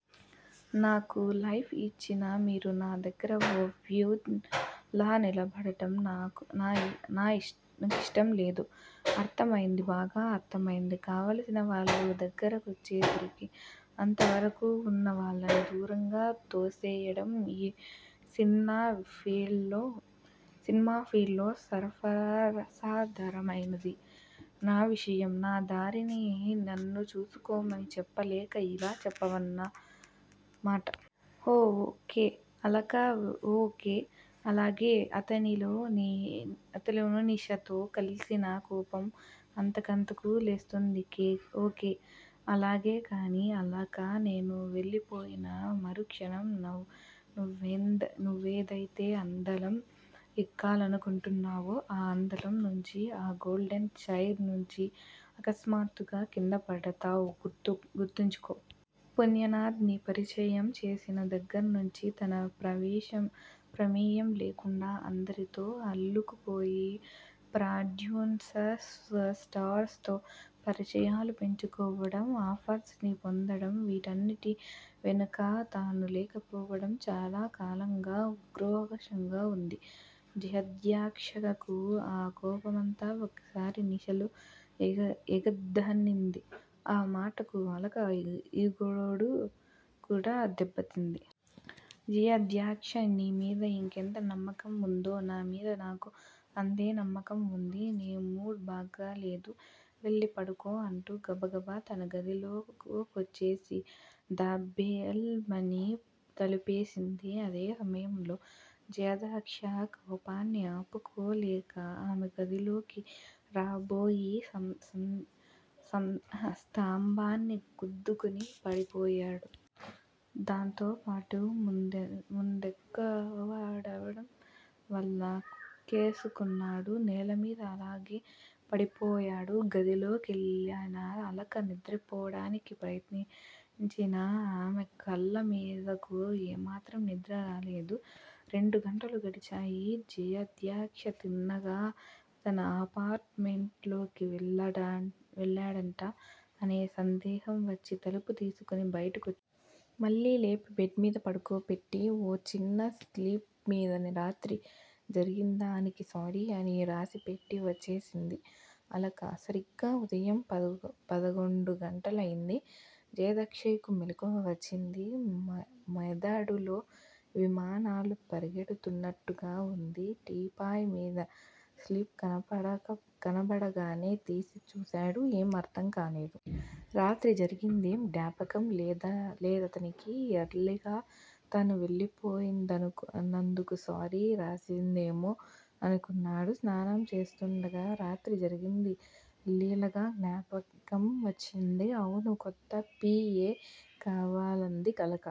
నాకు లైఫ్ ఇచ్చిన మీరు నా దగ్గర ఓ ఫ్యూన్ లా నిలబడటం నా కిష్టంలేదు. అర్ధమైంది బాగా అర్దమైంది కావలసినవాళ్ళు దగ్గరకొచ్చేసరికి, అంతవరకూ వున్న వాళ్ళని దూరంగా తోసేయడం ఈ సిన్మా ఫీల్డులో సర్వసాధారణమైన విషయం నా దారిని నన్ను చూసుకోమని చెప్పలేక ఇలా చెప్పావన్న మాట. ఓ. కే. అలక ఓ. కే! అలాగే అతనిలో నిషాతో కల్సిన కోపం అంతకంతకూ లేస్తోంది. ఓ. కే. అలాగే కానీ అలకా! నేను వెళ్ళిపోయినా మరుక్షణం నువ్వేదయితే అందలం ఎక్కాలనుకుంటున్నావో ఆ అందలం నుంచి, ఆ గోల్డెన్ చైర్ నుంచి అకస్మాత్తుగా కిందపడతావ్ గుర్తుంచుకో. పుణ్యనాధ్ ని పరిచయం చేసిన దగ్గర్నించి, తన ప్రమేయం లేకుండా అందరితో అల్లుకుపోయి, ప్రొడ్యూసర్స్, స్టార్స్ తో పరిచయాలు పెంచుకోవడం, ఆఫర్స్ ని పొందడం, వీటన్నిటి వెనకా తను లేకపోవడం చాలా కాలంగా ఉక్రోషంగా వుంది జయాధ్యక్షకు ఆ కోపమంతా ఒక్కసారి నిషాలో ఎగదన్నింది. ఆ మాటకు అలక ఇగోకూడా దెబ్బతింది. జయాధ్యక్ష! నీమీద నీకెంత నమ్మకం వుందో, నా మీద నాకూ అంతే నమ్మకం వుంది. నీ మూడ్ బాగాలేదు. వెళ్ళి పడుకో అంటూ గబగబా తన గదిలో కొచ్చేసి ధబేల్ మని తలుపేసింది. అదే సమయంలో జయాధ్యక్ష కోపాన్ని ఆపుకోలేక ఆమె గదిలోకి రాబోయి స్థంభాన్ని గుద్దుకుని పడిపోయాడు. దాంతోపాటు మందెక్కువవడం వల్ల కక్కేసుకున్నాడు. నేలమీద అలాగే పడిపోయాడు. గదిలోకెళ్ళిన అలక నిద్రపోడానికి ప్రయత్నించినా ఆమె కళ్ళ మీదకు ఏమాత్రం నిద్ర రాలేదు. రెండు గంటలు గడిచాయి. జయాధ్యక్ష తిన్నగా తన అపార్ట్ మెంట్ లోకి వెళ్ళుంటాడా అనే సందేహం వచ్చి, తలుపు తీసుకుని బయటకొచ్చింది. మళ్ళీ లేపి బెడ్ మీద పడుకోబెట్టీ, ఓ చిన్న స్లిప్ మీద రాత్రి జరిగిందానికి సారీ అని రాసిపెట్టి వచ్చేసింది అలక. సరిగ్గా ఉదయం పదకొండు గంటలయింది. జయాధ్యక్షకు మెలకువ వచ్చింది. మెదడులో విమానాలు పరిగెడుతున్నట్టుగా వుంది. టీపాయ్ మీద స్లిప్ కనబడగానే తీసి చూసాడు ఏం అర్ధంకాలేదు. రాత్రి జరిగిందేం జ్ఞాపకం లేదతనికి. ఎర్లీగా తను వెళ్ళిపోయినందుకు సారీ రాసిందేమో అనుకున్నాడు. స్నానం చేస్తుండగా రాత్రి జరిగింది లీలగా జ్ఞాపకం వచ్చింది. అవును కొత్త పి. ఏ కావాలంది అలక.